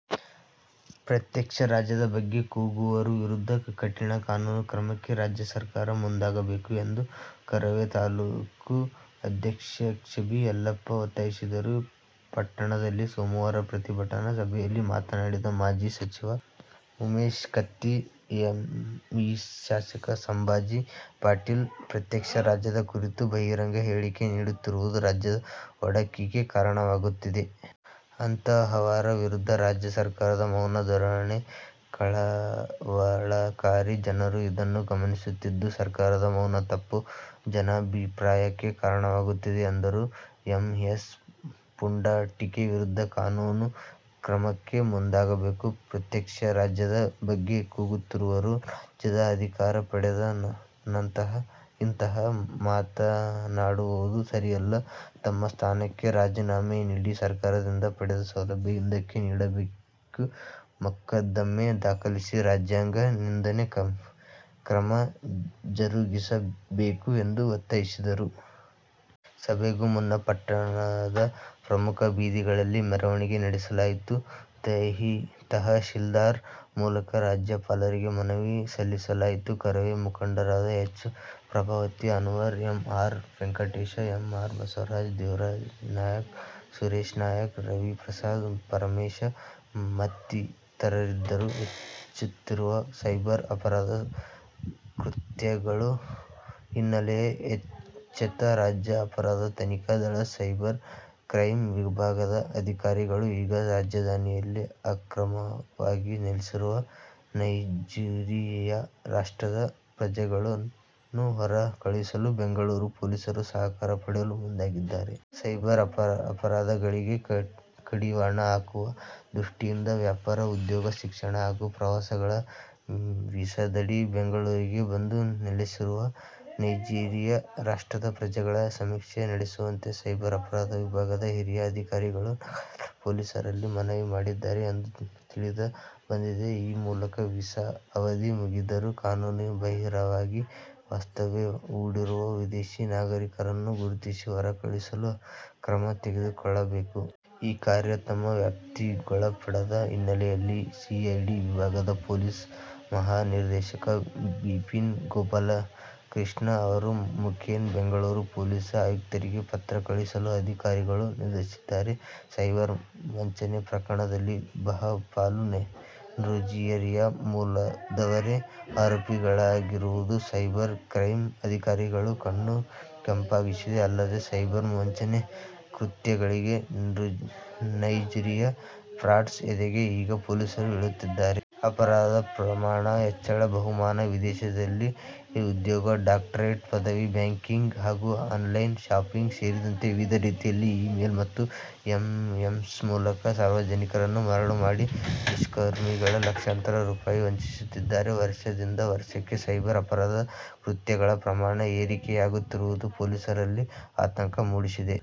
ಪ್ರತ್ಯೇಕ ರಾಜ್ಯದ ಬಗ್ಗೆ ಕೂಗುವವರ ವಿರುದ್ಧ ಕಠಿಣ ಕಾನೂನು ಕ್ರಮಕ್ಕೆ ರಾಜ್ಯ ಸರ್ಕಾರ ಮುಂದಾಗಬೇಕು ಎಂದು ಕರವೇ ತಾಲೂಕು ಅಧ್ಯಕ್ಷ ಬಿ. ಯಲ್ಲಪ್ಪ ಒತ್ತಾಯಿಸಿದರು. ಪಟ್ಟಣದಲ್ಲಿ ಸೋಮವಾರ ಪ್ರತಿಭಟನಾ ಸಭೆಯಲ್ಲಿ ಮಾತನಾಡಿ, ಮಾಜಿ ಸಚಿವ ಉಮೇಶ ಕತ್ತಿ, ಎಂಇಎಸ್ ಶಾಸಕ ಸಾಂಬಾಜಿ ಪಾಟೀಲ್ ಪ್ರತ್ಯೇಕ ರಾಜ್ಯದ ಕುರಿತು ಬಹಿರಂಗ ಹೇಳಿಕೆ ನೀಡುತ್ತಿರುವುದು ರಾಜ್ಯದ ಒಡಕಿಗೆ ಕಾರಣವಾಗುತ್ತಿದೆ. ಅಂತಹವರ ವಿರುದ್ಧ ರಾಜ್ಯ ಸರ್ಕಾರದ ಮೌನ ಧೋರಣೆ ಕಳವಳಕಾರಿ ಜನರು. ಇದನ್ನು ಗಮನಿಸುತ್ತಿದ್ದು ಸರ್ಕಾರದ ಮೌನ ತಪ್ಪು ಜನಾಭಿಪ್ರಾಯಕ್ಕೆ ಕಾರಣವಾಗುತ್ತಿದೆ ಎಂದರು. ಎಂಇಎಸ್ ಪುಂಡಾಟಿಕೆ ವಿರುದ್ಧ ಕಾನೂನು ಕ್ರಮಕ್ಕೆ ಮುಂದಾಗಬೇಕು. ಪ್ರತ್ಯೇಕ ರಾಜ್ಯದ ಬಗ್ಗೆ ಕೂಗುತ್ತಿರುವವರು ರಾಜ್ಯದ ಅಧಿಕಾರ ಪಡೆದು ಇಂತಹ ಮಾತನ್ನಾಡುವುದು ಸರಿಯಲ್ಲ. ತಮ್ಮ ಸ್ಥಾನಕ್ಕೆ ರಾಜೀನಾಮೆ ನೀಡಿ, ಸರ್ಕಾರದಿಂದ ಪಡೆದ ಸೌಲಭ್ಯ ಹಿಂದಕ್ಕೆ ನೀಡಬೇಕು ಮೊಕ್ಕದ್ದಮೆ ದಾಖಲಿಸಿ ರಾಜ್ಯಾಂಗ ನಿಂದನೆ ಕ್ರಮ ಜರುಗಿಸಬೇಕು ಎಂದು ಒತ್ತಾಯಿಸಿದರು. ಸಭೆಗೂ ಮುನ್ನ ಪಟ್ಟಣದ ಪ್ರಮುಖ ಬೀದಿಗಳಲ್ಲಿ ಮೆರವಣಿಗೆ ನಡೆಸಲಾಯಿತು. ತಹಶೀಲ್ದಾರ್ ಮೂಲಕ ರಾಜ್ಯಪಾಲರಿಗೆ ಮನವಿ ಸಲ್ಲಿಸಲಾಯಿತು. ಕರವೇ ಮುಖಂಡರಾದ H. Prabhavati, Anwar, M. R. Venkatesha, M. R. Basavaraja, Devarajanayka, Sureshanayka, Raviprasad, Paramesha ಮತ್ತಿತರರಿದ್ದರು. ಹೆಚ್ಚುತ್ತಿರುವ ಸೈಬರ್ ಅಪರಾಧ ಕೃತ್ಯಗಳ ಹಿನ್ನೆಲೆಯಲ್ಲಿ ಎಚ್ಚೆತ್ತ ರಾಜ್ಯ ಅಪರಾಧ ತನಿಖಾ ದಳ ಸೈಬರ್ ಕ್ರೈಂ ವಿಭಾಗದ ಅಧಿಕಾರಿಗಳು ಈಗ ರಾಜಧಾನಿಯಲ್ಲಿ ಅಕ್ರಮವಾಗಿ ನೆಲೆಸಿರುವ ನೈಜೀರಿಯಾ ರಾಷ್ಟ್ರದ ಪ್ರಜೆಗಳನ್ನು ಹೊರ ಕಳುಹಿಸಲು ಬೆಂಗಳೂರು ಪೊಲೀಸರ ''''''ಸಹಕಾರ'' ಪಡೆಯಲು ಮುಂದಾಗಿದ್ದಾರೆ. ಸೈಬರ್ ಅಪರಾಧಗಳಿಗೆ ಕಡಿವಾಣ ಹಾಕುವ ದೃಷ್ಟಿಯಿಂದ ವ್ಯಾಪಾರ, ಉದ್ಯೋಗ, ಶಿಕ್ಷಣ ಹಾಗೂ ಪ್ರವಾಸಗಳ ವೀಸಾದಡಿ ಬೆಂಗಳೂರಿಗೆ ಬಂದು ನೆಲೆಸಿರುವ ನೈಜೀರಿಯಾ ರಾಷ್ಟ್ರದ ಪ್ರಜೆಗಳ ಸಮೀಕ್ಷೆ ನಡೆಸುವಂತೆ ಸೈಬರ್ ಅಪರಾಧ ವಿಭಾಗದ ಹಿರಿಯ ಅಧಿಕಾರಿಗಳು ನಗರ ಪೊಲೀಸರಲ್ಲಿ ಮನವಿ ಮಾಡಿದ್ದಾರೆ ಎಂದು ತಿಳಿದು ಬಂದಿದೆ. ಈ ಮೂಲಕ ವೀಸಾ ಅವಧಿ ಮುಗಿದರೂ ಕಾನೂನು ಬಾಹಿರವಾಗಿ ವಾಸ್ತವ್ಯ ಹೂಡಿರುವ ವಿದೇಶಿ ನಾಗರಿಕರನ್ನು ಗುರುತಿಸಿ ಹೊರ ಕಳುಹಿಸಲು ಕ್ರಮ ತೆಗೆದುಕೊಳ್ಳಬೇಕು. ಈ ಕಾರ್ಯ ತಮ್ಮ ವ್ಯಾಪ್ತಿಗೊಳಪಡದ ಹಿನ್ನೆಲೆಯಲ್ಲಿ ಸಿಐಡಿ ವಿಭಾಗದ ಪೊಲೀಸ್ ಮಹಾನಿರ್ದೇಶಕ ಬಿಪಿನ್ ಗೋಪಾಲಕೃಷ್ಣ ಅವರ ಮುಖೇನ ಬೆಂಗಳೂರು ಪೊಲೀಸ್ ಆಯುಕ್ತರಿಗೆ ಪತ್ರ ಕಳುಹಿಸಲು ಅಧಿಕಾರಿಗಳು ನಿರ್ಧರಿಸಿದ್ದಾರೆ. ಸೈಬರ್ ವಂಚನೆ ಪ್ರಕರಣದಲ್ಲಿ ಬಹುಪಾಲು ನೈಜೀರಿಯಾ ಮೂಲದವರೇ ಆರೋಪಿಗಳಾಗಿರುವುದು ಸೈಬರ್ ಕ್ರೈಂ ಅಧಿಕಾರಿಗಳ ಕಣ್ಣು ಕೆಂಪಾಗಿಸಿದೆ. ಅಲ್ಲದೆ, ಸೈಬರ್ ವಂಚನೆ ಕೃತ್ಯಗಳಿಗೆ ''''ನೈಜೀರಿಯಾ ಫ್ರಾಡ್ಸ್'' ಎಂದೇ ಈಗ ಪೊಲೀಸರು ಹೇಳುತ್ತಿದ್ದಾರೆ. ಅಪರಾಧ ಪ್ರಮಾಣ ಹೆಚ್ಚಳ: ಬಹುಮಾನ, ವಿದೇಶದಲ್ಲಿ ಉದ್ಯೋಗ, ಡಾಕ್ಟರೇಟ್ ಪದವಿ, ಬ್ಯಾಂಕಿಂಗ್ ಹಾಗೂ ಆನ್ಲೈನ್ ಶಾಪಿಂಗ್ ಸೇರಿದಂತೆ ವಿವಿಧ ರೀತಿಯಲ್ಲಿ ಇ-ಮೇಲ್ ಮತ್ತು ಎಸ್ಎಂಎಸ್ ಮೂಲಕ ಸಾರ್ವಜನಿಕರನ್ನು ಮರಳು ಮಾಡಿ ದುಷ್ಕರ್ಮಿಗಳು ಲಕ್ಷಾಂತರ ರೂ. ವಂಚಿಸುತ್ತಿದ್ದಾರೆ. ವರ್ಷದಿಂದ ವರ್ಷಕ್ಕೆ ಸೈಬರ್ ಅಪರಾಧ ಕೃತ್ಯಗಳ ಪ್ರಮಾಣ ಏರಿಕೆಯಾಗುತ್ತಿರುವುದು ಪೊಲೀಸರಲ್ಲಿ ಆತಂಕ ಮೂಡಿಸಿದೆ.